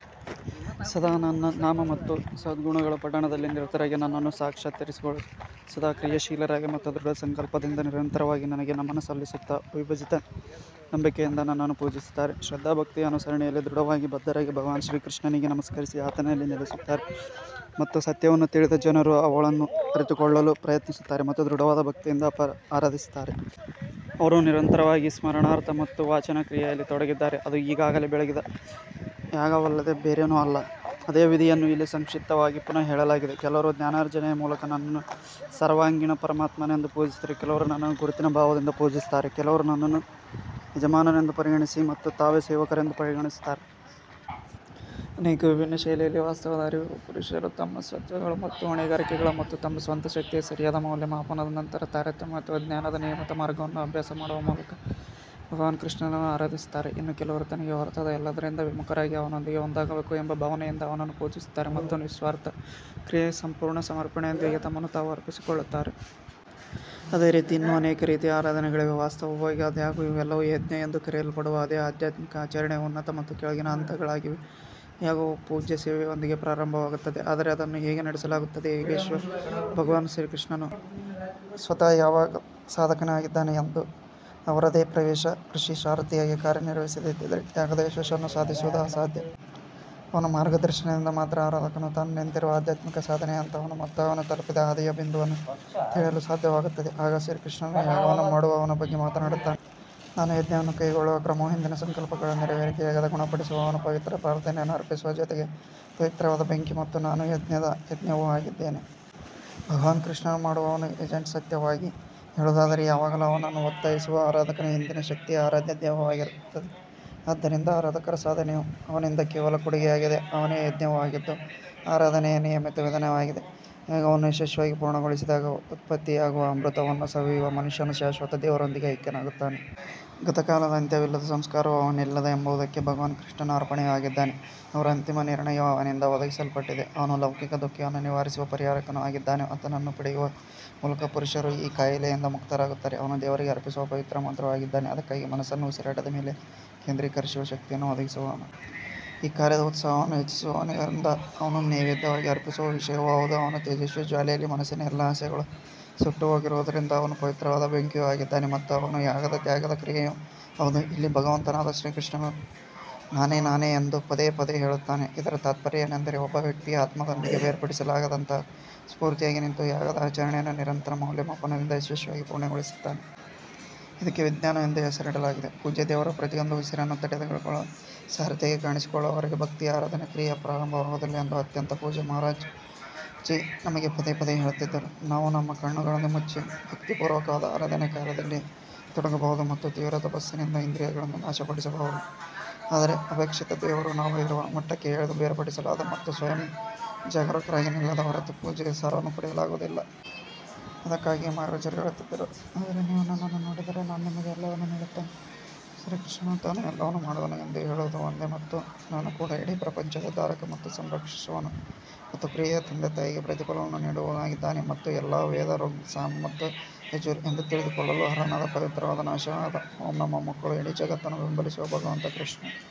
ಸದಾ ನನ್ನ ನಾಮ ಮತ್ತು ಸದ್ಗುಣಗಳ ಪಠಣದಲ್ಲಿ ನಿರತರಾಗಿ ನನ್ನನ್ನು ಸಾಕ್ಷಾತ್ಕರಿಸಿಕೊಳ್ಳಲು ಸದಾ ಕ್ರಿಯಾಶೀಲರಾಗಿ ಮತ್ತು ದೃಢ ಸಂಕಲ್ಪದಿಂದ ನಿರಂತರವಾಗಿ ನನಗೆ ನಮನ ಸಲ್ಲಿಸುತ್ತಾ ಅವಿಭಜಿತ ನಂಬಿಕೆಯಿಂದ ನನ್ನನ್ನು ಪೂಜಿಸುತ್ತಾರೆ. ಶ್ರದ್ಧಾಭಕ್ತಿಯ ಅನುಸರಣೆಯಲ್ಲಿ ದೃಢವಾಗಿ ಬದ್ಧರಾಗಿ ಭಗವಾನ್ ಶ್ರೀಕೃಷ್ಣನಿಗೆ ನಮಸ್ಕರಿಸಿ ಆತನಲ್ಲಿ ನೆಲೆಸುತ್ತಾರೆ ಮತ್ತು ಸತ್ಯವನ್ನು ತಿಳಿದ ಜನರು ಅವನನ್ನು ಅರಿತುಕೊಳ್ಳಲು ಪ್ರಯತ್ನಿಸುತ್ತಾರೆ ಮತ್ತು ದೃಢವಾದ ಭಕ್ತಿಯಿಂದ ಆರಾಧಿಸುತ್ತಾರೆ. ಅವರು ನಿರಂತರವಾಗಿ ಸ್ಮರಣಾರ್ಥ ಮತ್ತು ವಾಚನ ಕ್ರಿಯೆಯಲ್ಲಿ ತೊಡಗಿದ್ದಾರೆ, ಅದು ಈಗಾಗಲೇ ಬೆಳಗಿದ ಯಾಗವಲ್ಲದೆ ಬೇರೇನೂ ಅಲ್ಲ. ಅದೇ ವಿಧಿಯನ್ನು ಇಲ್ಲಿ ಸಂಕ್ಷಿಪ್ತವಾಗಿ ಪುನಃ ಹೇಳಲಾಗಿದೆ ಕೆಲವರು ಜ್ಞಾನಾರ್ಜನೆಯ ಮೂಲಕ ನನ್ನನ್ನು ಸರ್ವಾಂಗೀಣ ಪರಮಾತ್ಮನೆಂದು ಪೂಜಿಸಿದರೆ ಕೆಲವರು ನನ್ನನ್ನು ಗುರುತಿನ ಭಾವದಿಂದ ಪೂಜಿಸುತ್ತಾರೆ ಕೆಲವರು ನನ್ನನ್ನು ಯಜಮಾನನೆಂದು ಪರಿಗಣಿಸಿ ಮತ್ತು ತಾವೇ ಸೇವಕರೆಂದು ಪರಿಗಣಿಸುತ್ತಾರೆ. ಅನೇಕ ವಿಭಿನ್ನ ಶೈಲಿಯಲ್ಲಿ ವಾಸ್ತವದ ಅರಿವಿರುವ ಪುರುಷರು ತಮ್ಮ ಸ್ವತ್ತುಗಳು ಮತ್ತು ಹೊಣೆಗಾರಿಕೆಗಳು ಮತ್ತು ತಮ್ಮ ಸ್ವಂತ ಶಕ್ತಿಯ ಸರಿಯಾದ ಮೌಲ್ಯಮಾಪನದ ನಂತರ ತಾರತಮ್ಯ ಅಥವಾ ಜ್ಞಾನದ ನಿಯಮಿತ ಮಾರ್ಗವನ್ನು ಅಭ್ಯಾಸ ಮಾಡುವ ಮೂಲಕ ಭಗವಾನ್ ಕೃಷ್ಣನನ್ನು ಆರಾಧಿಸುತ್ತಾರೆ. ಇನ್ನು ಕೆಲವರು ತನಗೆ ಹೊರತಾದ ಎಲ್ಲದರಿಂದ ವಿಮುಖರಾಗಿ ಅವನೊಂದಿಗೆ ಒಂದಾಗಬೇಕು ಎಂಬ ಭಾವನೆಯಿಂದ ಅವನನ್ನು ಪೂಜಿಸುತ್ತಾರೆ ಮತ್ತು ನಿಸ್ವಾರ್ಥ ಕ್ರಿಯೆಯ ಸಂಪೂರ್ಣ ಸಮರ್ಪಣೆಯೊಂದಿಗೆ ತಮ್ಮನ್ನು ತಾವು ಅರ್ಪಿಸಿಕೊಳ್ಳುತ್ತಾರೆ. ಅದೇ ರೀತಿ ಇನ್ನೂ ಅನೇಕ ರೀತಿಯ ಆರಾಧನೆಗಳಿವೆ ವಾಸ್ತವವಾಗಿ ಆದಾಗ್ಯೂ ಇವೆಲ್ಲವೂ ಯಜ್ಞ ಎಂದು ಕರೆಯಲ್ಪಡುವ ಅದೇ ಆಧ್ಯಾತ್ಮಿಕ ಆಚರಣೆಯ ಉನ್ನತ ಮತ್ತು ಕೆಳಗಿನ ಹಂತಗಳಾಗಿವೆ ಯಾಗವು ಪೂಜ್ಯ ಸೇವೆಯೊಂದಿಗೆ ಪ್ರಾರಂಭವಾಗುತ್ತದೆ ಆದರೆ ಅದನ್ನು ಹೇಗೆ ನಡೆಸಲಾಗುತ್ತದೆ ಯೋಗೇಶ್ವರ ಭಗವಾನ್ ಶ್ರೀ ಕೃಷ್ಣನು ಸ್ವತಃ ಯಾಗದ ಸಾಧಕನಾಗಿದ್ದಾನೆ ಎಂದು ಅವರದೇ ಪ್ರವೇಶ ಋಷಿ ಸಾರಥಿಯಾಗಿ ಕಾರ್ಯನಿರ್ವಹಿಸದಿದ್ದರೆ ಯಾಗದ ಯಶಸ್ಸನ್ನು ಸಾಧಿಸುವುದು ಅಸಾಧ್ಯ. ಅವನ ಮಾರ್ಗದರ್ಶನದಿಂದ ಮಾತ್ರ ಆರಾಧಕನು ತಾನು ನಿಂತಿರುವ ಆಧ್ಯಾತ್ಮಿಕ ಸಾಧನೆಯ ಹಂತವನ್ನು ಮತ್ತು ಅವನು ತಲುಪಿದ ಹಾದಿಯ ಬಿಂದುವನ್ನು ತಿಳಿಯಲು ಸಾಧ್ಯವಾಗುತ್ತದೆ. ಆಗ ಶ್ರೀಕೃಷ್ಣನು ಯಾಗವನ್ನು ಮಾಡುವವನ ಬಗ್ಗೆ ಮಾತನಾಡುತ್ತಾನೆ ನಾನು ಯಜ್ಞವನ್ನು ಕೈಗೊಳ್ಳುವ ಕ್ರಮವು ಹಿಂದಿನ ಸಂಕಲ್ಪಗಳ ನೆರವೇರಿಕೆಯಾಗಿದೆ ಗುಣಪಡಿಸುವವನು ಪವಿತ್ರ ಪ್ರಾರ್ಥನೆಯನ್ನು ಅರ್ಪಿಸುವ ಜೊತೆಗೆ ಪವಿತ್ರವಾದ ಬೆಂಕಿ ಮತ್ತು ನಾನು ಯಜ್ಞದ ಯಜ್ಞವೂ ಆಗಿದ್ದೇನೆ. ಭಗವಾನ್ ಕೃಷ್ಣನು ಮಾಡುವವನು ಏಜೆಂಟ್ ಸತ್ಯವಾಗಿ ಹೇಳುವುದಾದರೆ ಯಾವಾಗಲೂ ಅವನನ್ನು ಒತ್ತಾಯಿಸುವ ಆರಾಧಕನ ಹಿಂದಿನ ಶಕ್ತಿಯು ಆರಾಧ್ಯ ದೇವರಾಗಿರುತ್ತದೆ ಆದ್ದರಿಂದ ಆರಾಧಕರ ಸಾಧನೆಯು ಅವನಿಂದ ಕೇವಲ ಕೊಡುಗೆಯಾಗಿದೆ ಅವನೇ ಯಜ್ಞವೂ ಆಗಿದ್ದು, ಆರಾಧನೆಯ ನಿಯಮಿತ ವಿಧಾನವಾಗಿದೆ ಯಾಗವನ್ನು ಯಶಸ್ವಿಯಾಗಿ ಪೂರ್ಣಗೊಳಿಸಿದಾಗ ಉತ್ಪತ್ತಿಯಾಗುವ ಅಮೃತವನ್ನು ಸವಿಯುವ ಮನುಷ್ಯನು ಶಾಶ್ವತ ದೇವರೊಂದಿಗೆ ಐಕ್ಯನಾಗುತ್ತಾನೆ. ಗತಕಾಲದ ಅಂತ್ಯವಿಲ್ಲದ ಸಂಸ್ಕಾರವು ಅವನಲ್ಲಿದೆ ಎಂಬುದಕ್ಕೆ ಭಗವಾನ್ ಕೃಷ್ಣನು ಅರ್ಪಣೆಯೂ ಆಗಿದ್ದಾನೆ, ಅವರ ಅಂತಿಮ ನಿರ್ಣಯವು ಅವನಿಂದ ಒದಗಿಸಲ್ಪಟ್ಟಿದೆ. ಅವನು ಲೌಕಿಕ ದುಃಖವನ್ನು ನಿವಾರಿಸುವ ಪರಿಹಾರಕನೂ ಆಗಿದ್ದಾನೆ ಆತನನ್ನು ಪಡೆಯುವ ಮೂಲಕ ಪುರುಷರು ಈ ಕಾಯಿಲೆಯಿಂದ ಮುಕ್ತರಾಗುತ್ತಾರೆ ಅವನು ದೇವರಿಗೆ ಅರ್ಪಿಸುವ ಪವಿತ್ರ ಮಂತ್ರವೂ ಆಗಿದ್ದಾನೆ ಅದಕ್ಕಾಗಿ ಮನಸ್ಸನ್ನು ಉಸಿರಾಟದ ಮೇಲೆ ಕೇಂದ್ರೀಕರಿಸುವ ಶಕ್ತಿಯನ್ನು ಒದಗಿಸುವವನು. ಈ ಕಾರ್ಯದ ಉತ್ಸಾಹವನ್ನು ಹೆಚ್ಚಿಸುವವನಾಗಿರುವುದರಿಂದ ಅವನು ನೈವೇದ್ಯವಾಗಿ ಅರ್ಪಿಸುವ ವಿಷಯವೂ ಹೌದು ಅವನ ತೇಜಸ್ವಿ ಜ್ವಾಲೆಯಲ್ಲಿ ಮನಸ್ಸಿನ ಎಲ್ಲಾ ಆಸೆಗಳು ಸುಟ್ಟುಹೋಗಿರುವುದರಿಂದ ಅವನು ಪವಿತ್ರವಾದ ಬೆಂಕಿಯೂ ಆಗಿದ್ದಾನೆ ಮತ್ತು ಅವನು ಯಾಗದ ತ್ಯಾಗದ ಕ್ರಿಯೆಯೂ ಹೌದು ಇಲ್ಲಿ ಭಗವಂತನಾದ ಶ್ರೀಕೃಷ್ಣನು ನಾನೇ ನಾನೇ ಎಂದು ಪದೇ ಪದೇ ಹೇಳುತ್ತಾನೆ ಇದರ ತಾತ್ಪರ್ಯ ಏನೆಂದರೆ, ಒಬ್ಬ ವ್ಯಕ್ತಿಯ ಆತ್ಮದೊಂದಿಗೆ ಬೇರ್ಪಡಿಸಲಾಗದಂತೆ ಸ್ಫೂರ್ತಿಯಾಗಿ ನಿಂತು ಯಾಗದ ಆಚರಣೆಯನ್ನು ನಿರಂತರ ಮೌಲ್ಯಮಾಪನದಿಂದ ಯಶಸ್ವಿಯಾಗಿ ಪೂರ್ಣಗೊಳಿಸುತ್ತಾನೆ. ಇದಕ್ಕೆ ವಿಜ್ಞಾನ ಎಂದು ಹೆಸರಿಡಲಾಗಿದೆ ಪೂಜ್ಯ ದೇವರು ಪ್ರತಿಯೊಂದು ಉಸಿರನ್ನು ತಡೆದುಕೊಳ್ಳುವ ಸಾರಥಿಯಾಗಿ ಕಾಣಿಸಿಕೊಳ್ಳುವವರೆಗೆ ಭಕ್ತಿಯ ಆರಾಧನೆಯ ಕ್ರಿಯೆಯು ಪ್ರಾರಂಭವಾಗುವುದಿಲ್ಲ ಎಂದು ಅತ್ಯಂತ ಪೂಜ್ಯ ಮಹಾರಾಜ್ ಜೀ ನಮಗೆ ಪದೇ ಪದೇ ಹೇಳುತ್ತಿದ್ದರು. ನಾವು ನಮ್ಮ ಕಣ್ಣುಗಳನ್ನು ಮುಚ್ಚಿ ಭಕ್ತಿಪೂರ್ವಕವಾದ ಆರಾಧನೆಯ ಕಾರ್ಯದಲ್ಲಿ ತೊಡಗಬಹುದು ಮತ್ತು ತೀವ್ರ ತಪಸ್ಸಿನಿಂದ ಇಂದ್ರಿಯಗಳನ್ನು ನಾಶಪಡಿಸಬಹುದು ಆದರೆ ಅಪೇಕ್ಷಿತ ದೇವರು ನಾವು ಇರುವ ಮಟ್ಟಕ್ಕೆ ಇಳಿದು ಬೇರ್ಪಡಿಸಲಾಗದೆ ಮತ್ತು ಸ್ವಯಂ ಜಾಗರೂಕರಾಗಿ ನಿಲ್ಲದ ಹೊರತು ಪೂಜೆಯ ಸಾರವನ್ನು ಪಡೆಯಲಾಗುವುದಿಲ್ಲ. ಅದಕ್ಕಾಗಿಯೇ ಮಹಾರಾಜರು ಹೇಳುತ್ತಿದ್ದರು, ಆದರೆ ನೀವು ನನ್ನನ್ನು ನೋಡಿದರೆ ನಾನು ನಿಮಗೆ ಎಲ್ಲವನ್ನೂ ನೀಡುತ್ತೇನೆ ಶ್ರೀಕೃಷ್ಣನು ತಾನು ಎಲ್ಲವನ್ನು ಮಾಡುವವನು ಎಂದು ಹೇಳುವುದು ಒಂದೇ ಮತ್ತು ನಾನು ಕೂಡ ಇಡೀ ಪ್ರಪಂಚದ ಧಾರಕ ಮತ್ತು ಸಂರಕ್ಷಿಸುವವನು ಮತ್ತು ಕ್ರಿಯೆಯ ತಂದೆ ತಾಯಿಗೆ ಪ್ರತಿಫಲವನ್ನು ನೀಡುವವನಾಗಿದ್ದೇನೆ ಮತ್ತು ಎಲ್ಲಾ ವೇದ ಋಗ್ ಸಾಮ್ ಮತ್ತು ಯಜುರ್ ಎಂದು ತಿಳಿದುಕೊಳ್ಳಲು ಅರ್ಹನಾದ ಪವಿತ್ರವಾದ ನಾಶವಾಗದ ಓಎಂನ ಮೊಮ್ಮಕ್ಕಳು ಇಡೀ ಜಗತ್ತನ್ನು ಬೆಂಬಲಿಸುವ ಭಗವಂತ ಕೃಷ್ಣ.